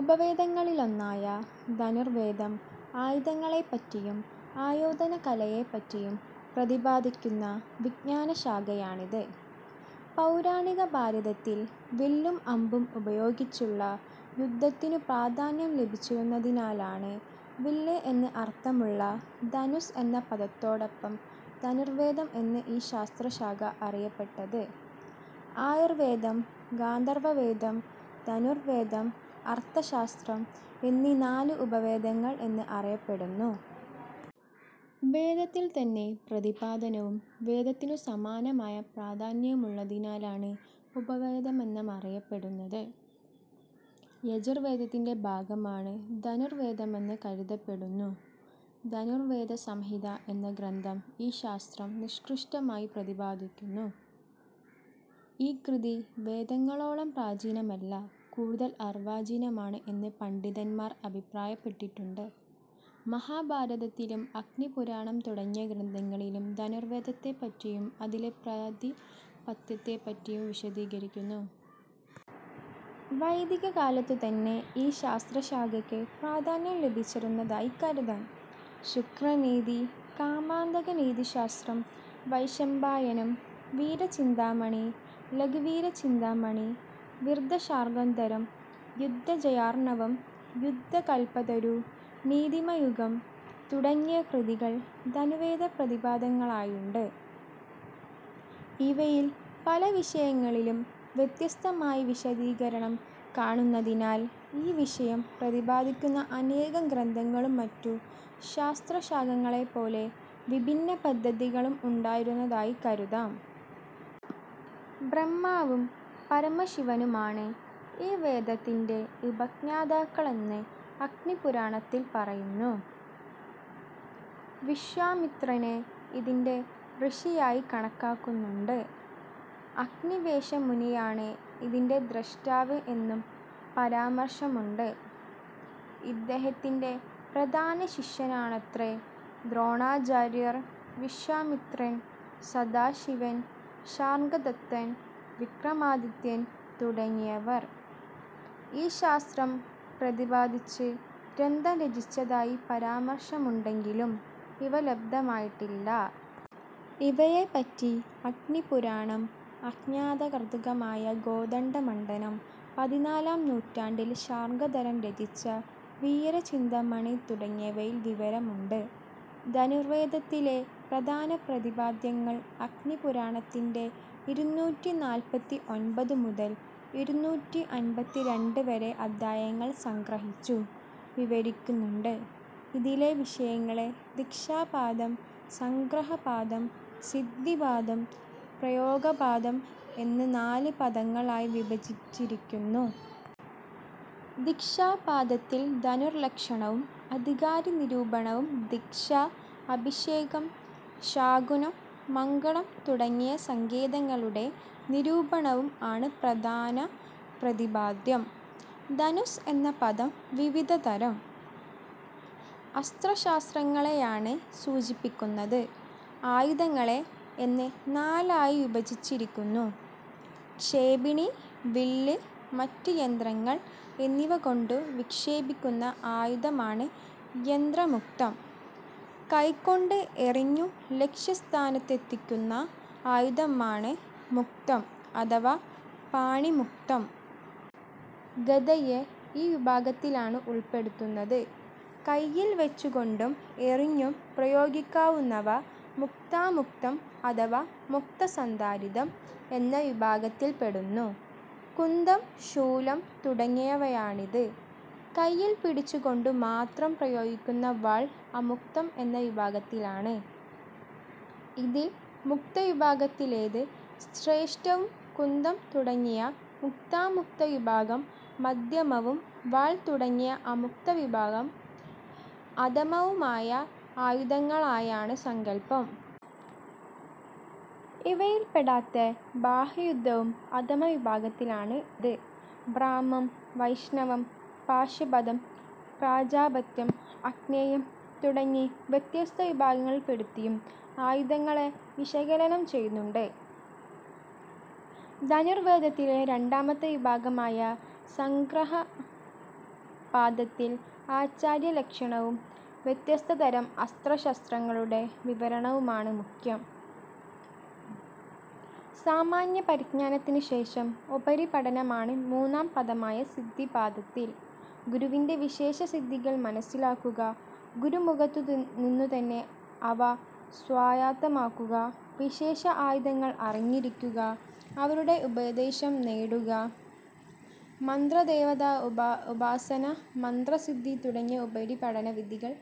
ഉപവേദങ്ങളിലൊന്നായ ധനുർവേദം ആയുധങ്ങളെപ്പറ്റിയും ആയോധനകലയെപ്പറ്റിയും പ്രതിപാദിക്കുന്ന വിജ്ഞാനശാഖയാണിത്. പൗരാണിക ഭാരതത്തിൽ വില്ലും അമ്പും ഉപയോഗിച്ചുള്ള യുദ്ധത്തിനു പ്രാധാന്യം ലഭിച്ചിരുന്നതിനാലാണ് വില്ല് എന്ന് അർഥമുള്ള ധനുസ്സ് എന്ന പദത്തോടൊപ്പം ധനുർവേദം എന്ന് ഈ ശാസ്ത്രശാഖ അറിയപ്പെട്ടത്. ആയുർവേദം, ഗാന്ധർവവേദം, ധനുർവേദം, അർഥശാസ്ത്രം എന്നി നാല് ഉപവേദങ്ങൾ എന്ന് അറിയപ്പെടുന്നു. വേദത്തിൽത്തന്നെ പ്രതിപാദനവും വേദത്തിനു സമാനമായ പ്രാധാന്യവുമുള്ളതിനാലാണ് ഉപവേദമെന്നറിയപ്പെടുന്നത്. യജുർവേദത്തിൻ്റെ ഭാഗമാണ് ധനുർവേദമെന്ന് കരുതപ്പെടുന്നു. ധനുർവേദസംഹിത എന്ന ഗ്രന്ഥം ഈ ശാസ്ത്രം നിഷ്കൃഷ്ടമായി പ്രതിപാദിക്കുന്നു. ഈ കൃതി വേദങ്ങളോളം പ്രാചീനമല്ല, കൂടുതൽ അർവാചീനമാണ് എന്ന് പണ്ഡിതന്മാർ അഭിപ്രായപ്പെട്ടിട്ടുണ്ട്. മഹാഭാരതത്തിലും അഗ്നിപുരാണം തുടങ്ങിയ ഗ്രന്ഥങ്ങളിലും ധനുർവേദത്തെപ്പറ്റിയും അതിലെ പ്രതിപാദ്യത്തെപ്പറ്റിയും വിശദീകരിക്കുന്നു. വൈദികകാലത്തു തന്നെ ഈ ശാസ്ത്ര ശാഖയ്ക്ക് പ്രാധാന്യം ലഭിച്ചിരുന്നതായി കരുതാം. ശുക്രനീതി, കാമന്ദകനീതിശാസ്ത്രം, വൈശമ്പായനം, വീരചിന്താമണി, ലഘുവീരചിന്താമണി, വൃദ്ധശാർങ്ഗധരം, യുദ്ധജയാർണവം, യുദ്ധകല്പതരു, നീതിമയൂഖം തുടങ്ങിയ കൃതികൾ ധനുർവേദപ്രതിപാദകങ്ങളായുണ്ട്. ഇവയിൽ പല വിഷയങ്ങളിലും വ്യത്യസ്തമായി വിശദീകരണം കാണുന്നതിനാൽ ഈ വിഷയം പ്രതിപാദിക്കുന്ന അനേകം ഗ്രന്ഥങ്ങളും മറ്റു ശാസ്ത്രശാഖകളെപ്പോലെ വിഭിന്ന പദ്ധതികളും ഉണ്ടായിരുന്നതായി കരുതാം. ബ്രഹ്മാവും പരമശിവനുമാണ് ഈ വേദത്തിൻ്റെ ഉപജ്ഞാതാക്കളെന്ന് അഗ്നിപുരാണത്തിൽ പറയുന്നു. വിശ്വാമിത്രനെ ഇതിൻ്റെ ഋഷിയായി കണക്കാക്കുന്നുണ്ട്. അഗ്നിവേശമുനിയാണ് ഇതിൻ്റെ ദ്രഷ്ടാവ് എന്നും പരാമർശമുണ്ട്. ഇദ്ദേഹത്തിൻ്റെ പ്രധാന ശിഷ്യനാണത്രെ ദ്രോണാചാര്യർ. വിശ്വാമിത്രൻ, സദാശിവൻ, ശാർങ്ഗദത്തൻ, വിക്രമാദിത്യൻ തുടങ്ങിയവർ ഈ ശാസ്ത്രം പ്രതിപാദിച്ച് ഗ്രന്ഥം രചിച്ചതായി പരാമർശമുണ്ടെങ്കിലും ഇവ ലബ്ധമായിട്ടില്ല. ഇവയെപ്പറ്റി അഗ്നിപുരാണം, അജ്ഞാതകർതൃകമായ കോദണ്ഡമണ്ഡനം, പതിനാലാം നൂറ്റാണ്ടിൽ ശാർങ്ഗധരൻ രചിച്ച വീരചിന്താമണി തുടങ്ങിയവയിൽ വിവരണമുണ്ട്. ധനുർവേദത്തിലെ പ്രധാന പ്രതിപാദ്യങ്ങൾ അഗ്നിപുരാണത്തിൻ്റെ ഇരുന്നൂറ്റി നാല്പത്തി ഒൻപത് മുതൽ ഇരുന്നൂറ്റി അൻപത്തി രണ്ട് വരെ അധ്യായങ്ങളിൽ സംഗ്രഹിച്ചു വിവരിക്കുന്നുണ്ട്. ഇതിലെ വിഷയങ്ങളെ ദീക്ഷാപാദം, സംഗ്രഹപാദം, സിദ്ധിപാദം, പ്രയോഗപാദം എന്ന് നാല് പാദങ്ങളായി വിഭജിച്ചിരിക്കുന്നു. ദിക്ഷാപാദത്തിൽ ധനുർലക്ഷണവും അധികാരി നിരൂപണവും ദിക്ഷ, അഭിഷേകം, ശാകുനം, മംഗളം തുടങ്ങിയ സങ്കേതങ്ങളുടെ നിരൂപണവും ആണ് പ്രധാന പ്രതിപാദ്യം. ധനുസ്സ് എന്ന പദം വിവിധതരം അസ്ത്രശാസ്ത്രങ്ങളെയാണ് സൂചിപ്പിക്കുന്നത്. ആയുധങ്ങളെ എന്ന് നാലായി വിഭജിച്ചിരിക്കുന്നു. ക്ഷേപിണി, വില്ല്, മറ്റ് യന്ത്രങ്ങൾ എന്നിവകൊണ്ടു വിക്ഷേപിക്കുന്ന ആയുധമാണ് യന്ത്രമുക്തം. കൈകൊണ്ട് എറിഞ്ഞു ലക്ഷ്യസ്ഥാനത്തെത്തിക്കുന്ന ആയുധമാണ് മുക്തം അഥവാ പാണിമുക്തം. ഗദയെ ഈ വിഭാഗത്തിലാണ് ഉൾപ്പെടുത്തുന്നത്. കൈയിൽ വച്ചുകൊണ്ടും എറിഞ്ഞും പ്രയോഗിക്കാവുന്നവ മുക്താമുക്തം അഥവാ മുക്തസന്ധാരിതം എന്ന വിഭാഗത്തിൽപ്പെടുന്നു. കുന്തം, ശൂലം തുടങ്ങിയവയാണിത്. കൈയിൽ പിടിച്ചുകൊണ്ടു മാത്രം പ്രയോഗിക്കുന്ന വാൾ അമുക്തം എന്ന വിഭാഗത്തിലാണ്. ഇതിൽ മുക്തവിഭാഗത്തിലേത് ശ്രേഷ്ഠവും കുന്തം തുടങ്ങിയ മുക്താമുക്ത വിഭാഗം മധ്യമവും വാൾ തുടങ്ങിയ അമുക്തവിഭാഗം അധമവുമായ ആയുധങ്ങളായാണ് സങ്കല്പം. ഇവയിൽപ്പെടാത്ത ബാഹുയുദ്ധവും അധമ വിഭാഗത്തിലാണ് ത്. ബ്രാഹ്മം, വൈഷ്ണവം, പാശുപതം, പ്രാജാപത്യം, അഗ്നേയം തുടങ്ങി വ്യത്യസ്ത വിഭാഗങ്ങളിൽപ്പെടുത്തിയും ആയുധങ്ങളെ വിശകലനം ചെയ്യുന്നുണ്ട്. ധനുർവേദത്തിലെ രണ്ടാമത്തെ വിഭാഗമായ സംഗ്രഹപാദത്തിൽ ആചാര്യലക്ഷണവും വ്യത്യസ്ത തരം അസ്ത്രശസ്ത്രങ്ങളുടെ വിവരണവുമാണ് മുഖ്യം. സാമാന്യപരിജ്ഞാനത്തിനുശേഷം ഉപരിപഠനമാണ് മൂന്നാം പദമായ സിദ്ധിപാദത്തിൽ. ഗുരുവിൻ്റെ വിശേഷസിദ്ധികൾ മനസ്സിലാക്കുക; ഗുരുമുഖത്തു നിന്നുതന്നെ അവ സ്വായത്തമാക്കുക, വിശേഷ ആയുധങ്ങൾ അറിഞ്ഞിരിക്കുക, അവരുടെ ഉപദേശം നേടുക, മന്ത്രദേവതാഉപാസന, മന്ത്രസിദ്ധി തുടങ്ങിയ ഉപരിപഠന വിധികൾ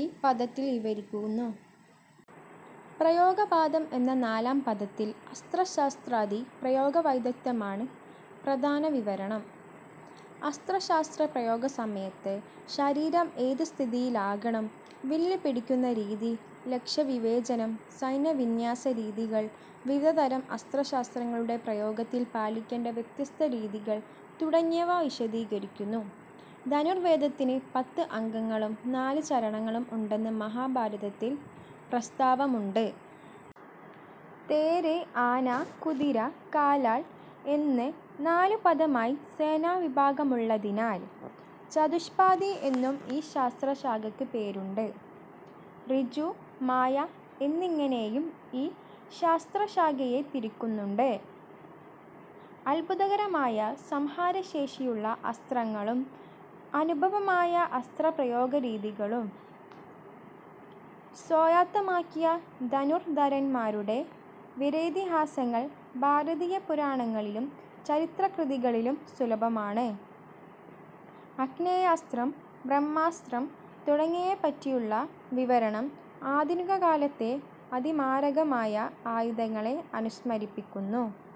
ഈ പാദത്തിൽ വിവരിക്കുന്നു. പ്രയോഗപാദം എന്ന നാലാം പാദത്തിൽ അസ്ത്രശസ്ത്രാദി പ്രയോഗവൈദഗ്ദ്ധ്യമാണ് പ്രധാന വിവരണം. അസ്ത്ര ശാസ്ത്ര പ്രയോഗ സമയത്ത് ശരീരം ഏതു സ്ഥിതിയിലാകണം, വില്ല് പിടിക്കുന്ന രീതി, ലക്ഷ്യവിവേചനം, സൈന്യവിന്യാസരീതികൾ, വിവിധതരം അസ്ത്ര ശാസ്ത്രങ്ങളുടെ പ്രയോഗത്തിൽ പാലിക്കേണ്ട വ്യത്യസ്ത രീതികൾ തുടങ്ങിയവ വിശദീകരിക്കുന്നു. ധനുർവേദത്തിന് പത്ത് അംഗങ്ങളും നാല് ചരണങ്ങളും ഉണ്ടെന്ന് മഹാഭാരതത്തിൽ പ്രസ്താവമുണ്ട്. തേര്, ആന, കുതിര, കാലാൾ എന്ന് നാലു പാദമായി സേനാവിഭാഗമുള്ളതിനാൽ ചതുഷ്പാദി എന്നും ഈ ശാസ്ത്രശാഖയ്ക്കു പേരുണ്ട്. ഋജു, മായ എന്നിങ്ങനെയും ഈ ശാസ്ത്രശാഖയെ തിരിക്കുന്നുണ്ട്. അത്ഭുതകരമായ സംഹാരശേഷിയുള്ള അസ്ത്രങ്ങളും അനുപമമായ അസ്ത്രപ്രയോഗരീതികളും സ്വായത്തമാക്കിയ ധനുർധരന്മാരുടെ വീരേതിഹാസങ്ങൾ ഭാരതീയ പുരാണങ്ങളിലും ചരിത്ര കൃതികളിലും സുലഭമാണ്. ആഗ്നേയാസ്ത്രം, ബ്രഹ്മാസ്ത്രം തുടങ്ങിയവയെപ്പറ്റിയുള്ള വിവരണം ആധുനികകാലത്തെ അതിമാരകമായ ആയുധങ്ങളെ അനുസ്മരിപ്പിക്കുന്നു.